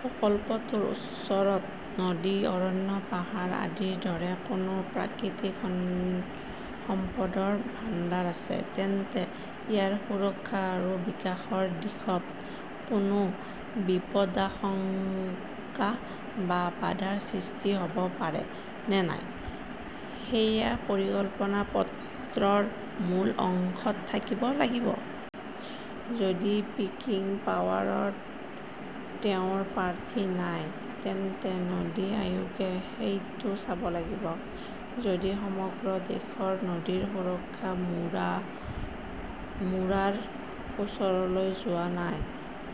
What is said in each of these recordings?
প্ৰকল্পটোৰ ওচৰত নদী, অৰণ্য, পাহাৰ আদিৰ দৰে কোনো প্ৰাকৃতিক সম্পদৰ ভাণ্ডাৰ আছে, তেন্তে ইয়াৰ সুৰক্ষা আৰু বিকাশৰ দিশত কোনো বিপদাশংকা বা বাধাৰ সৃষ্টি হ 'ব পাৰে নে নাই সেয়া পৰিকল্পনা পত্ৰৰ মূল অংশত থাকিব লাগিব। যদি পিকিং পাৱাৰৰ তেওঁৰ প্ৰাৰ্থী নাই, তেন্তে নদী আয়োগে সেইটো চাব লাগিব। যদি সমগ্ৰ দেশৰ নদীৰ সুৰক্ষা মুৰাৰ ওচৰলৈ যোৱা নাই,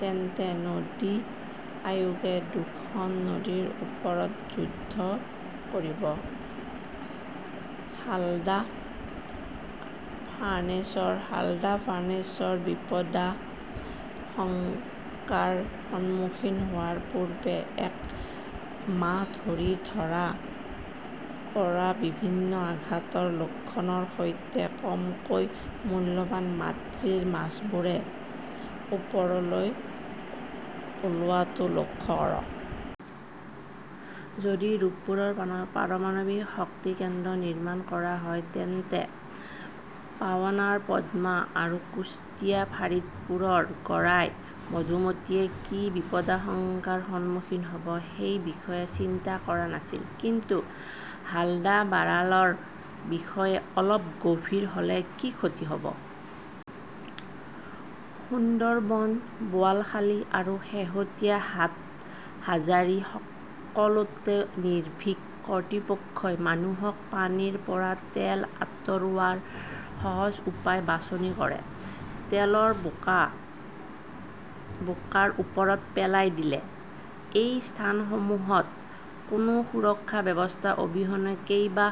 তেন্তে নদী আয়োগে দুখন নদীৰ ওপৰত যুদ্ধ কৰিব। হালদা ফাৰ্নেছৰ বিপদাশংকাৰ সন্মুখীন হোৱাৰ পূৰ্বে এক মাহ ধৰি ধৰা পৰা বিভিন্ন আঘাতৰ লক্ষণৰ সৈতে কমকৈ মূল্যৱান মাতৃ মাছবোৰে ওপৰলৈ ওলোৱাটো লক্ষ্য কৰক। যদি ৰূপপুৰৰ পাৰমাণৱিক শক্তি কেন্দ্ৰ নিৰ্মাণ কৰা হয় তেন্তে পাবনাৰ পদ্মা আৰু কুশ্তিয়া-ফাৰিদপুৰৰ গড়াই, মধুমতীয়ে কি বিপদাশংকাৰ সন্মুখীন হ 'ব সেই বিষয়ে চিন্তা কৰা নাছিল, কিন্তু হালদা-বাৰালৰ বিষয়ে অলপ গম্ভীৰ হ' লে কি ক্ষতি হ 'ব? সুন্দৰবন, বোৱালখালী, আৰু শেহতীয়া হাটহাজৰী-সকলোতে নিৰ্ভীক কৰ্তৃপক্ষই মানুহক পানীৰ পৰা তেল আঁতৰোৱাৰ সহজ উপায় বাছনি কৰে, তেলৰ বোকাৰ ওপৰত পেলাই দিয়ে! এই স্থানসমূহত কোনো সুৰক্ষা ব্যৱস্থা অবিহনে কেইবা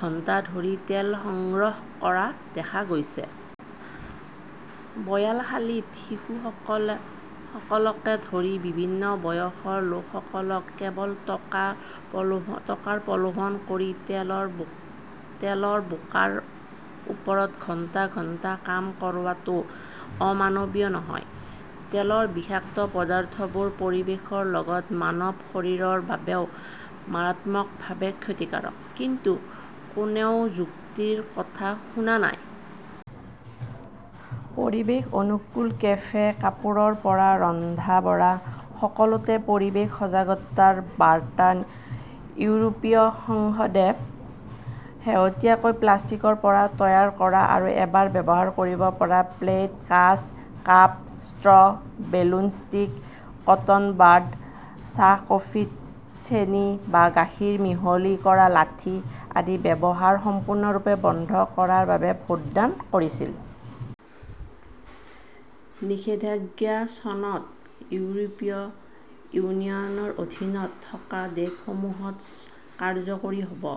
ঘণ্টা ধৰি তেল সংগ্ৰহ কৰা দেখা গৈছে। বয়ালখালীত শিশুসকলকে ধৰি বিভিন্ন বয়সৰ লোকসকলক কেৱল টকাৰ প্ৰলোভন কৰি তেলৰ বোকাৰ ওপৰত ঘণ্টা ঘণ্টা কাম কৰোৱাটো অমানৱীয় নহয়! তেলৰ বিষাক্ত পদাৰ্থবোৰ পৰিৱেশৰ লগতে মানৱ শৰীৰৰ বাবেও মাৰাত্মকভাৱে ক্ষতিকাৰক। কিন্তু কোনেও যুক্তিৰ কথা শুনা নাই। পৰিৱেশ-অনুকূল কেফে! কাপোৰৰ পৰা ৰন্ধা-বঢ়া, সকলোতে পৰিৱেশ সজাগতাৰ বাৰ্তা ইউৰোপীয় সংসদে শেহতীয়াকৈ প্লাষ্টিকৰ পৰা তৈয়াৰ কৰা আৰু এবাৰ ব্যৱহাৰ কৰিব পৰা প্লেট, কাঁচ, cup, straw ', balloon stick, cotton bud, চাহ-কফিত চেনি বা গাখীৰ মিহলি কৰা লাঠি আদিৰ ব্যৱহাৰ সম্পূৰ্ণৰূপে বন্ধ কৰাৰ বাবে ভোটদান কৰিছিল। নিষেধাজ্ঞা চনত ইউৰোপীয় ইউনিয়নৰ অধীনত থকা দেশসমূহত কাৰ্যকৰী হ 'ব।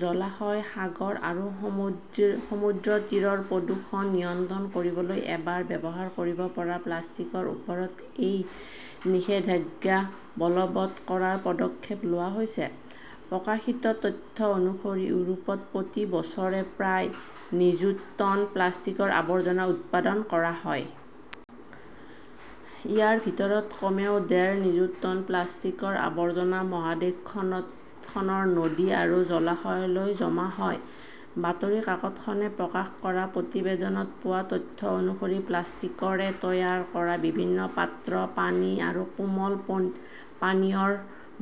জলাশয়, সাগৰ আৰু সমুদ্ৰতীৰৰ প্ৰদূষণ নিয়ন্ত্ৰণ কৰিবলৈ এবাৰ ব্যৱহাৰ কৰিব পৰা প্লাষ্টিকৰ ওপৰত এই নিষেধাজ্ঞা বলৱৎ কৰাৰ পদক্ষেপ লোৱা হৈছে। প্ৰকাশিত তথ্য অনুসৰি ইউৰোপত প্ৰতি বছৰে প্ৰায় নিযুত টন প্লাষ্টিকৰ আৱৰ্জনা উৎপাদন কৰা হয়। ইয়াৰ ভিতৰত কমেও ডেৰ নিযুত টন প্লাষ্টিকৰ আৱৰ্জনা মহাদেশখনৰ নদী আৰু জলাশয়লৈ জমা হয়। বাতৰি কাকতখনে প্ৰকাশ কৰা প্ৰতিবেদনত পোৱা তথ্য অনুসৰি, প্লাষ্টিকৰে তৈয়াৰ কৰা বিভিন্ন পাত্ৰ, পানী আৰু কোমল পানীয়ৰ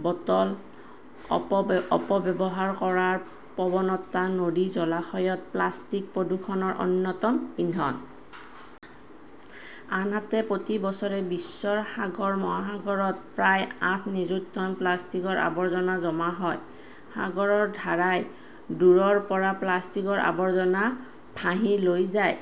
বটল অপব্যৱহাৰ কৰাৰ প্ৰৱণতা নদী-জলাশয়ত প্লাষ্টিক প্ৰদূষণৰ অন্যতম ইন্ধন। আনহাতে, প্ৰতি বছৰে বিশ্বৰ সাগৰ-মহাসাগৰত প্ৰায় আঠ নিযুত টন প্লাষ্টিকৰ আৱৰ্জনা জমা হয়। সাগৰৰ ধাৰাই দূৰৈৰ পৰা প্লাষ্টিকৰ আৱৰ্জনা ভাহি লৈ যায়।